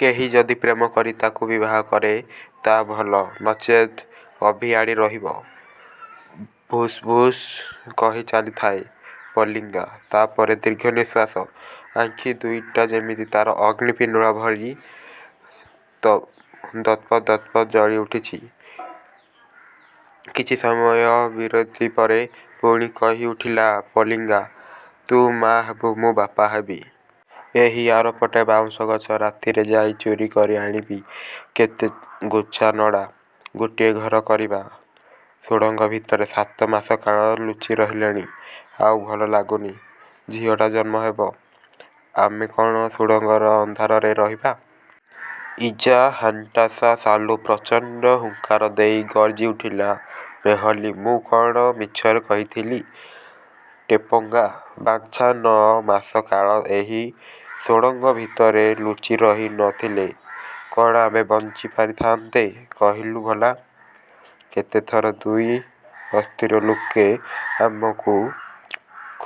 କେହି ଯଦି ପ୍ରେମ କରି ତାକୁ ବିବାହ କରେ ତ ଭଲ, ନଚେତ ଅଭିଆଡ଼ୀ ରହିବ। ଭୁସ୍ ଭୁସ୍ କହିଚାଲିଥାଏ ପଲିଙ୍ଗା। ତା ପରେ ଦୀର୍ଘ ନିଶ୍ୱାସ। ଆଖି ଦୁଇଟା ଯେମିତି ତାର ଅଗ୍ନିପିଣ୍ଡୁଳା ପରି ଦପ୍ଦପ୍ ଜଳିଉଠୁଚି। କିଛି ସମୟ ବିରତି ପରେ ପୁଣି କହି ଉଠିଲା ପଲିଙ୍ଗା ତୁ ମା ହେବୁ, ମୁଁ ବାପା ହେବି। ଏହି ଆରପଟେ ବାଉଁଶ ଗଛ। ରାତିରେ ଯାଇ ଚୋରି କରି ଆଣିବି କେତେ ଗୋଛା ନଡ଼ା। ଗୋଟାଏ ଘର କରିବା। ସୁଡ଼ଙ୍ଗ ଭିତରେ ସାତ ମାସ କାଳ ଲୁଚି ରହିଲେଣି। ଆଉ ଭଲ ଲାଗୁନି। ଝିଅଟା ଜନ୍ମ ହେବ। ଆମେ କ'ଣ ସୁଡ଼ଙ୍ଗର ଅନ୍ଧାରରେ ରହିଥିବା? ଇଜାହାଣ୍ଟାସା ସାଲୋ। ପ୍ରଚଣ୍ଡ ହୁଙ୍କାର ଦେଇ ଗର୍ଜିଉଠିଲା ମେହଲୀ। ମୁଁ କଣ ମିଛରେ କହିଥିଲି ଟେପଙ୍ଗା। ବାଚ୍ଛା। ନଅ ମାସ କାଳ ଏହି ସୁଡ଼ଙ୍ଗ ଭିତରେ ଲୁଚି ରହି ନ ଥିଲେ, କ'ଣ ଆମେ ବଞ୍ଚି ରହିଥାଆନ୍ତେ କହିଲୁ ଭଲା! କେତେଥର ଦୁଇ ବସ୍ତିର ଲୋକେ ଆମକୁ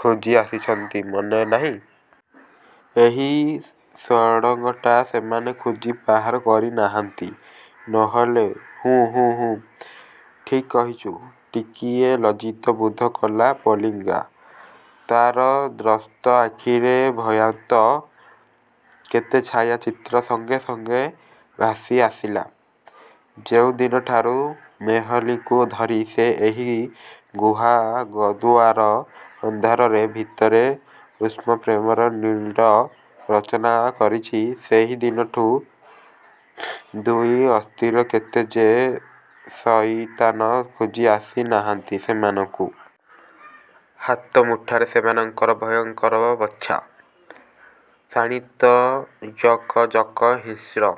ଖୋଜି ଆସିଚନ୍ତି, ମନେ ନାହିଁ? ଏହି ସୁଡ଼ଙ୍ଗଟା ସେମାନେ ଖୋଜି ବାହାର କରି ନାହାନ୍ତି, ନ ହେଲେ ହୁଁ, ହୁଁ, ଠିକ୍ କହିଚୁ। ଟିକିଏ ଲଜ୍ଜିତ ବୋଧ କଲା ପଲିଙ୍ଗା। ତାର ତ୍ରସ୍ତ ଆଖିରେ ଭୟାର୍ତ୍ତ କେତେ ଛାୟାଚିତ୍ର ସଙ୍ଗେ ସଙ୍ଗେ ଭାସିଆସିଲା। ଯେଉଁଦିନଠାରୁ ମେହଲୀକୁ ଧରି ସେ ଏହି ଗୁହାଗହ୍ୱର ଅନ୍ଧକାର ଭିତରେ ଉଷ୍ଣପ୍ରେମର ନୀଡ଼ ରଚନା କରିଚି, ସେହି ଦିନଠୁ ଦୁଇ ବସ୍ତିର କେତେ ଯେ ଶଇତାନ ଖୋଜି ଆସି ନାହାନ୍ତି ସେମାନଙ୍କୁ! ହାତ ମୁଠାରେ ସେମାନଙ୍କର ଭୟଙ୍କର ବର୍ଚ୍ଛା। ଶାଣିତ, ଜକ୍ ଜକ୍, ହିଂସ୍ର।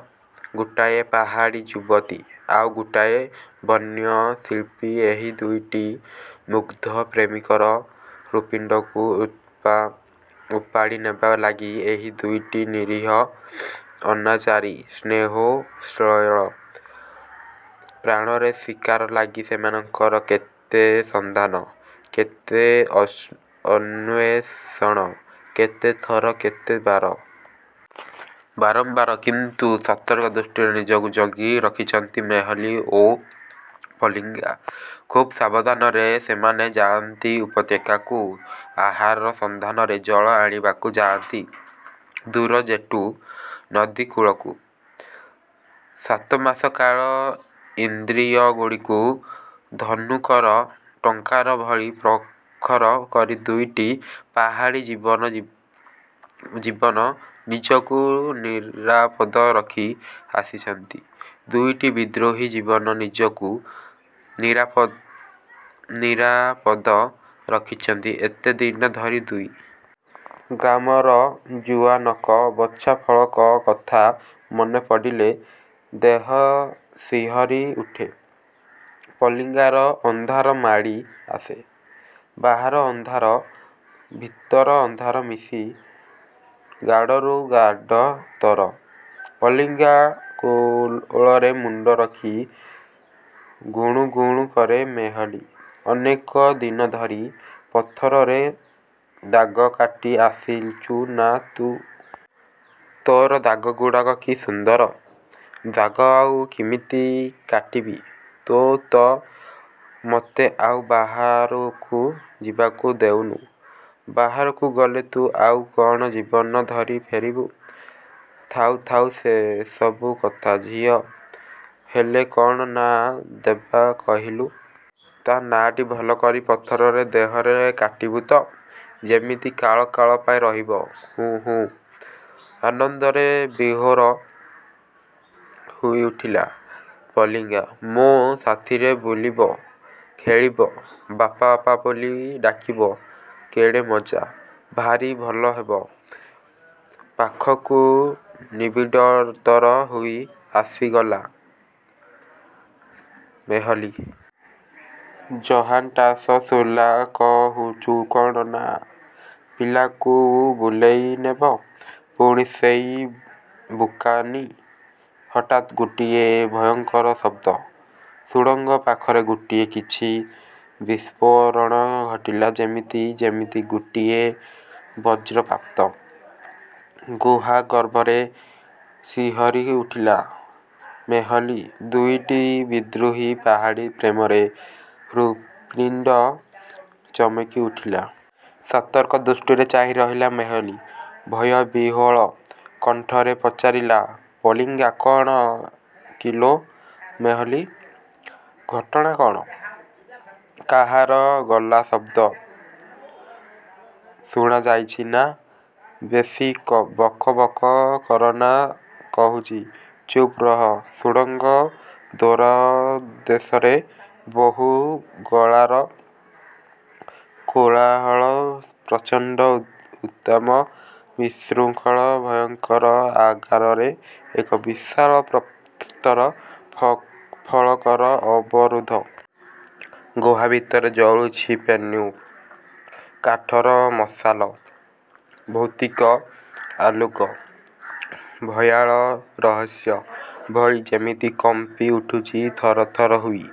ଗୋଟାଏ ପାହାଡ଼ୀ ଯୁବତୀ, ଆଉ ଗୋଟିଏ ବନ୍ୟ ଶିଳ୍ପୀଏହି ଦୁଇଟି ମୁଗ୍ଧ ପ୍ରେମିକର ହୃତ୍ପିଣ୍ଡକୁ ଉପାଡ଼ିନେବା ଲାଗି, ଏହି ଦୁଇଟି ନିରୀହ, ଅନାଚାରୀ, ସ୍ନେହୋତ୍ସଳ ପ୍ରାଣର ଶିକାର ଲାଗି ସେମାନଙ୍କର କେତେ ସନ୍ଧାନ, କେତେ ଅନ୍ୱେଷଣ କେତେ ଥର, କେତେ ବାର! ବାରମ୍ବାର! କିନ୍ତୁ ସତର୍କ ଦୃଷ୍ଟିରେ ନିଜକୁ ଜଗି ରଖିଛନ୍ତି ମେହଲୀ ଓ ପଲିଙ୍ଗା। ଖୁବ୍ ସାବଧାନରେ ସେମାନେ ଯାଆନ୍ତି ଉପତ୍ୟକାକୁ ଆହାର ସନ୍ଧାନରେ, ଜଳ ଆଣିବାକୁ ଯାଆନ୍ତି ଦୂର ଟେଜୁ ନଦୀ କୂଳକୁ। ସାତମାସ କାଳ ଇନ୍ଦ୍ରିୟଗୁଡ଼ିକୁ ଧନୁକର ଟଙ୍କାର ଭଳି ପ୍ରଖର କରି ଦୁଇଟି ପାହାଡ଼ୀ ଜୀବନ ନିଜକୁ ନିରାପଦ ରଖି ଆସିଛନ୍ତି; ଦୁଇଟି ବିଦ୍ରୋହୀ ଜୀବନ ନିଜକୁ ନିରାପଦ ରଖିଚନ୍ତି ଏତେଦିନ ଧରି। ଦୁଇ ଗ୍ରାମର ଜୁଆନଙ୍କ ବର୍ଚ୍ଛାଫଳକ କଥା ମନେପଡ଼ିଲେ ଦେହ ଶିହରି ଉଠେ ପଲିଙ୍ଗାର। ଅନ୍ଧକାର ମାଡ଼ି ଆସେ। ବାହାର ଅନ୍ଧାର ଓ ଭିତର ଅନ୍ଧାର ମିଶି ଗାଢ଼ରୁ ଗାଢ଼ତର। ପଲିଙ୍ଗା କୋଳରେ ମୁଣ୍ଡ ରଖି ଗୁଣୁ ଗୁଣୁ କରେ ମେହଲୀ। ଅନେକ ଦିନ ଧରି ପଥରରେ ଦାଗ କାଟି ଆସିଚୁ ନା ତୁ? ତୋର ଦାଗଗୁଡ଼ାକ କି ସୁନ୍ଦର! ଦାଗ ଆଉ କିମିତି କାଟିବି? ତୁ ତ ମତେ ଆଉ ବାହାରକୁ ଯିବାକୁ ଦେଉନୁ। ବାହାରକୁ ଗଲେ ତୁ ଆଉ କ'ଣ ଜୀବନ ଧରି ଫେରିବୁ? ଥାଉ ଥାଉ ସେସବୁ କଥା। ଝିଅ ହେଲେ କ'ଣ ନାଁ ଦେବା କହିଲୁ? ତା ନାଁଟି ଭଲ କରି ପଥର ଦେହରେ ଆଙ୍କିବୁ ତ? ଯେମିତି କାଳ କାଳ ପାଇଁ ରହିବ। ହୁଁ, ହୁଁ। ଆନନ୍ଦରେ ବିଭୋର ହୋଇଉଠିଲା ପଲିଙ୍ଗା। ମୋ ସାଥିରେ ବୁଲିବ, ଖେଳିବ, ବାପା ବାପା ବୋଲି ଡାକିବ। କେଡ଼େ ମଜା! ଭାରି ଭଲ ହେବ। ପାଖକୁ ନିବିଡ଼ତର ହୋଇ ଲାଗିଆସିଲା ମେହଲୀ। ଜହାଣ୍ଟାସ ସୋଲାକହୁଚୁ କ'ଣ ନା ପିଲାକୁ ବୁଲେଇ ନେବ। ପୁଣି ସେଇ ବୋକାମି! ହଠାତ୍ ଗୋଟାଏ ଭୟଙ୍କର ଶବ୍ଦ। ସୁଡ଼ଙ୍ଗ ପାଖରେ ଗୋଟାଏ କିଛି ବିସ୍ଫୋରଣ ଘଟିଲା ଯେମିତି। ଯେମିତି ଗୋଟାଏ ବଜ୍ରପାତ। ଗୁହାଗର୍ଭରେ ଶିହରି ଉଠିଲା ମେହଲୀ। ଦୁଇଟି ବିଦ୍ରୋହୀ ପାହାଡ଼ୀ ପ୍ରେମର ହୃତ୍ପିଣ୍ଡ ଚମକି ଉଠିଲା। ସତର୍କ ଦୃଷ୍ଟିରେ ଚାହିଁରହିଲା ମେହଲୀ। ଭୟବିହ୍ୱଳ କଣ୍ଠରେ ପଚାରିଲା ପଲିଙ୍ଗା କ'ଣ କିଲୋ ମେହଲୀ, ଘଟଣା କ'ଣ? କାହାର ଗଳାଶବ୍ଦ ଶୁଣାଯାଉଛି ନା? ବେଶି ବକ୍ ବକ୍ କରନା କହୁଚି। ଚୁପ୍ ରହ। ସୁଡ଼ଙ୍ଗ ଦ୍ୱାରଦେଶରେ ବହୁ ଗଳାର କୋଳାହଳ ପ୍ରଚଣ୍ଡ, ଉଦ୍ଦାମ, ବିଶୃଙ୍ଖଳ, ଭୟଙ୍କର! ଆଗରେ ଏକ ବିଶାଳ ପ୍ରସ୍ତର ଫଳକର ଅବରୋଧ। ଗୁହା ଭିତରେ ଜଳୁଚି ପେନ୍ୟୁ କାଠର ମଶାଲ। ଭୌତିକ ଆଲୋକ, ଭୟାଳ ରହସ୍ୟ ଭଳି ଯେମିତି କମ୍ପି ଉଠୁଚି ଥର ଥର ହୋଇ।